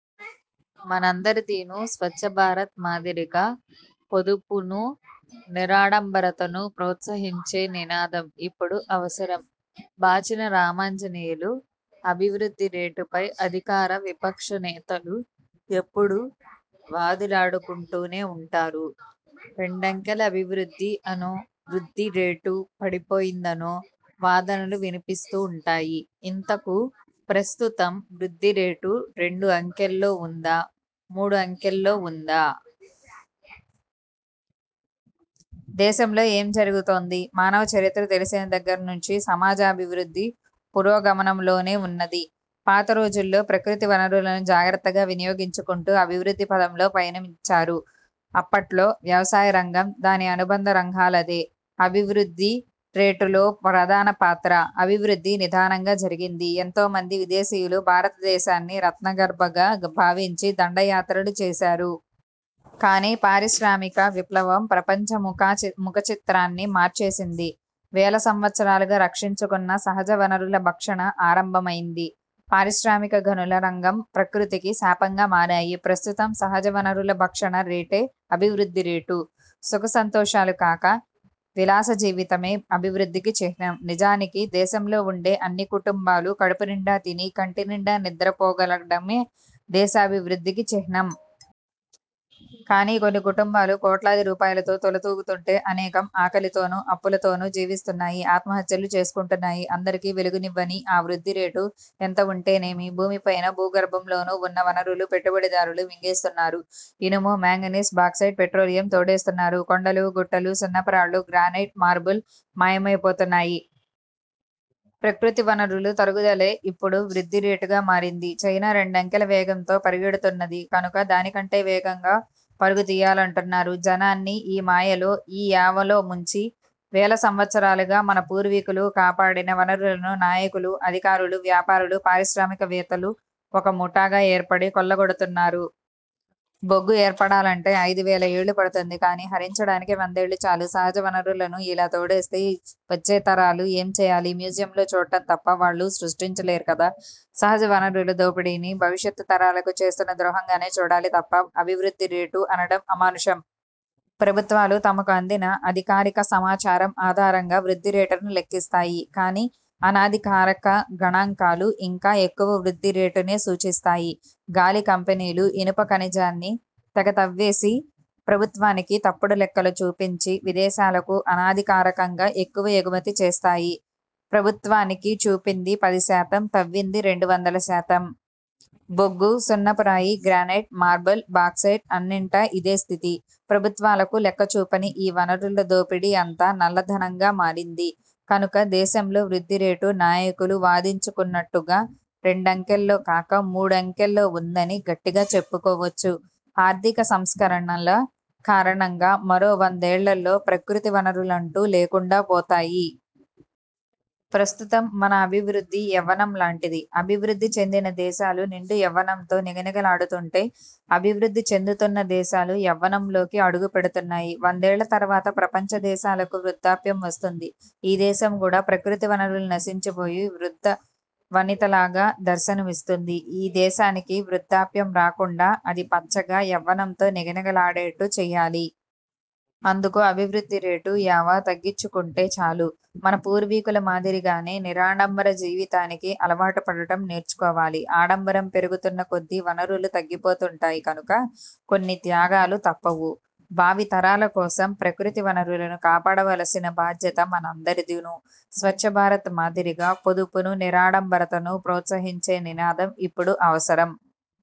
మనందరిదీనూ. 'స్వచ్ఛ భారత్' మాదిరిగా, పొదుపునూ, నిరాడంబరతనూ ప్రోత్సహించే నినాదం ఇప్పుడు అవసరం. బాచిన రామాంజనేయులు అభివృద్ధి రేటుపై అధికార, విపక్ష నేతలు ఎప్పుడూ వాదులాడుకుంటూనే ఉంటారు. రెండంకెల అభివృద్ధి అనో, వృద్ధి రేటు పడిపోయిందనో వాదనలు వినిపిస్తూంటాయి. ఇంతకూ ప్రస్తుతం వృద్ధిరేటు రెండు అంకెల్లో ఉందా, మూడు అంకెల్లో ఉందా? దేశంలో ఏం జరుగుతోంది? మానవ చరిత్ర తెలిసిన దగ్గర నుంచి సమాజాభివృద్ధి పురోగమనంలోనే ఉన్నది. పాత రోజుల్లో ప్రకృతి వనరులను జాగ్రత్తగా వినియోగించుకుంటూ అభివృద్ధి పథంలో పయనించారు. అప్పట్లో వ్యవసాయరంగం, దాని అనుబంధ రంగాలదే అభివృద్ధి రేటులో ప్రధాన పాత్ర. అభివృద్ధి నిదానంగా జరిగింది. ఎంతో మంది విదేశీయులు భారతదేశాన్ని రత్నగర్భగా భావించి దండయాత్రలు చేశారు. కానీ పారిశ్రామిక విప్లవం ప్రపంచ ముఖచి ముఖచిత్రాన్ని మార్చేసింది. వేల సంవత్సరాలుగా రక్షించుకున్న సహజ వనరుల భక్షణ ఆరంభమైంది. పారిశ్రామిక, గనుల రంగం ప్రకృతికి శాపంగా మారాయి. ప్రస్తుతం సహజ వనరుల భక్షణ రేటే అభివృద్ధి రేటు. సుఖసంతోషాలు కాక, విలాసజీవితమే అభివృద్ధికి చిహ్నం. నిజానికి, దేశంలో ఉండే అన్ని కుటుంబాలు కడుపునిండా తిని, కంటినిండా నిద్రపోగలగడమే దేశాభివృద్ధికి చిహ్నం. కానీ, కొన్ని కుటుంబాలు కోట్లాది రూపాయలతో తుల తూగుతుంటే, అనేకం ఆకలితోనూ, అప్పుల తోనూ జీవిస్తున్నాయి. ఆత్మహత్యలు చేసుకుంటున్నాయి. అందరికీ వెలుగునివ్వని ఆ వృద్ధి రేటు ఎంత ఉంటేనేమి? భూమిపైన, భూగర్భంలోనూ ఉన్న వనరులు పెట్టుబడిదారులు మింగేస్తున్నారు. ఇనుము, మాంగనీస్, బాక్సైట్, పెట్రోలియం తోడేస్తున్నారు. కొండలు, గుట్టలు, సున్నపురాళ్ళు, గ్రానైట్, మార్బల్ మాయమైపోతున్నాయి. ప్రకృతివనరుల తరుగుదలే ఇప్పుడు వృద్ధిరేటుగా మారింది. చైనా రెండంకెల వేగంతో పరిగెడుతున్నది కనుక దానికంటే వేగంగా పరు గుతీయాలంటున్నారు. జనాన్ని ఈ మాయలో, ఈ యావలో ముంచి, వేల సంవత్సరాలుగా మన పూర్వీకులు కాపాడిన వనరులను నాయకులు, అధికారులు, వ్యాపారులు, పారిశ్రామికవేత్తలు ఒక ముఠాగా ఏర్పడి కొల్లగొడుతున్నారు. బొగ్గు ఏర్పడాలంటే ఐదు వేల ఏళ్ళు పడుతుంది. కానీ, హరించడానికి వందేళ్ళు చాలు. సహజ వనరులను ఇలా తోడేస్తే వచ్చే తరాలు ఏం చేయాలి? మ్యూజియంలో చూడటం తప్ప వాళ్ళు సృష్టించలేరు కదా? సహజ వనరుల దోపిడీని భవిష్యత్తు తరాలకు చేస్తున్న ద్రోహంగానే చూడాలి తప్ప, అభివృద్ధి రేటు అనడం అమానుషం. ప్రభుత్వాలు తమకు అందిన అధికారిక సమాచారం ఆధారంగా వృద్ధి రేటును లెక్కిస్తాయి. కానీ, అనధికారిక గణాంకాలు ఇంకా ఎక్కువ వృద్ధి రేటునే సూచిస్తాయి. 'గాలి' కంపెనీలు ఇనుప ఖనిజాన్ని తెగతవ్వేసి, ప్రభుత్వానికి తప్పుడు లెక్కలు చూపించి, విదేశాలకు అనధికారికంగా ఎక్కువ ఎగుమతి చేశాయి. ప్రభుత్వానికి చూపింది పదిశాతం, తవ్వింది రెండు వందలశాతం. బొగ్గు, సున్నపురాయి, గ్రానైట్, మార్బల్, బాక్సైట్ అన్నింటా ఇదే స్థితి. ప్రభుత్వాలకు లెక్క చూపని ఈ వనరుల దోపిడీ అంతా నల్ల ధనంగా మారింది. కనుక, దేశంలో వృ ద్ధిరేటు నాయకులు వాదించుకుంటున్నట్టుగా రెండంకెల్లో కాక, మూడంకెల్లో ఉందని గట్టిగా చెప్పుకోవచ్చు. ఆర్థిక సంస్కరణల కారణంగా మరో వందేళ్ళలో ప్రకృతి వనరులంటూ లేకుండాపోతాయి. ప్రస్తుతం మన అభివృద్ధి యవ్వనం లాంటిది. అభివృద్ధి చెందిన దేశాలు నిండు యవ్వనంతో నిగనిగలాడుతుంటే, అభివృద్ధి చెందుతున్న దేశాలు యవ్వనంలోకి అడుగుపెడుతున్నాయి. వందేళ్ళ తరువాత ప్రపంచ దేశాలకు వృద్ధాప్యం వస్తుంది. ఈ దేశం కూడా ప్రకృతి వనరులు నశించిపోయి వృద్ధ వనితలాగా దర్శనమిస్తుంది. ఈ దేశానికి వృద్ధాప్యం రాకుండా అది పచ్చగా, యవ్వనంతో నిగనిగలాడేట్టు చేయాలి. అందుకు, అభివృద్ధిరేటు యావ తగ్గించుకుంటే చాలు. మన పూర్వీకుల మాదిరిగానే నిరాడంబర జీవితానికి అలవాటుపడటం నేర్చుకోవాలి. ఆడంబరం పెరుగుతున్నకొద్దీ వనరులు తగ్గిపోతుంటాయి కనుక, కొన్ని త్యాగాలు తప్పవు. భావి తరాలకోసం ప్రకృతి వనరులను కాపాడవలసిన బాధ్యత మనందరిదీనూ. 'స్వచ్ఛభారత్' మాదిరిగా, పొదుపునూ, నిరాడంబరతనూ ప్రోత్సహించే నినాదం ఇప్పుడు అవసరం.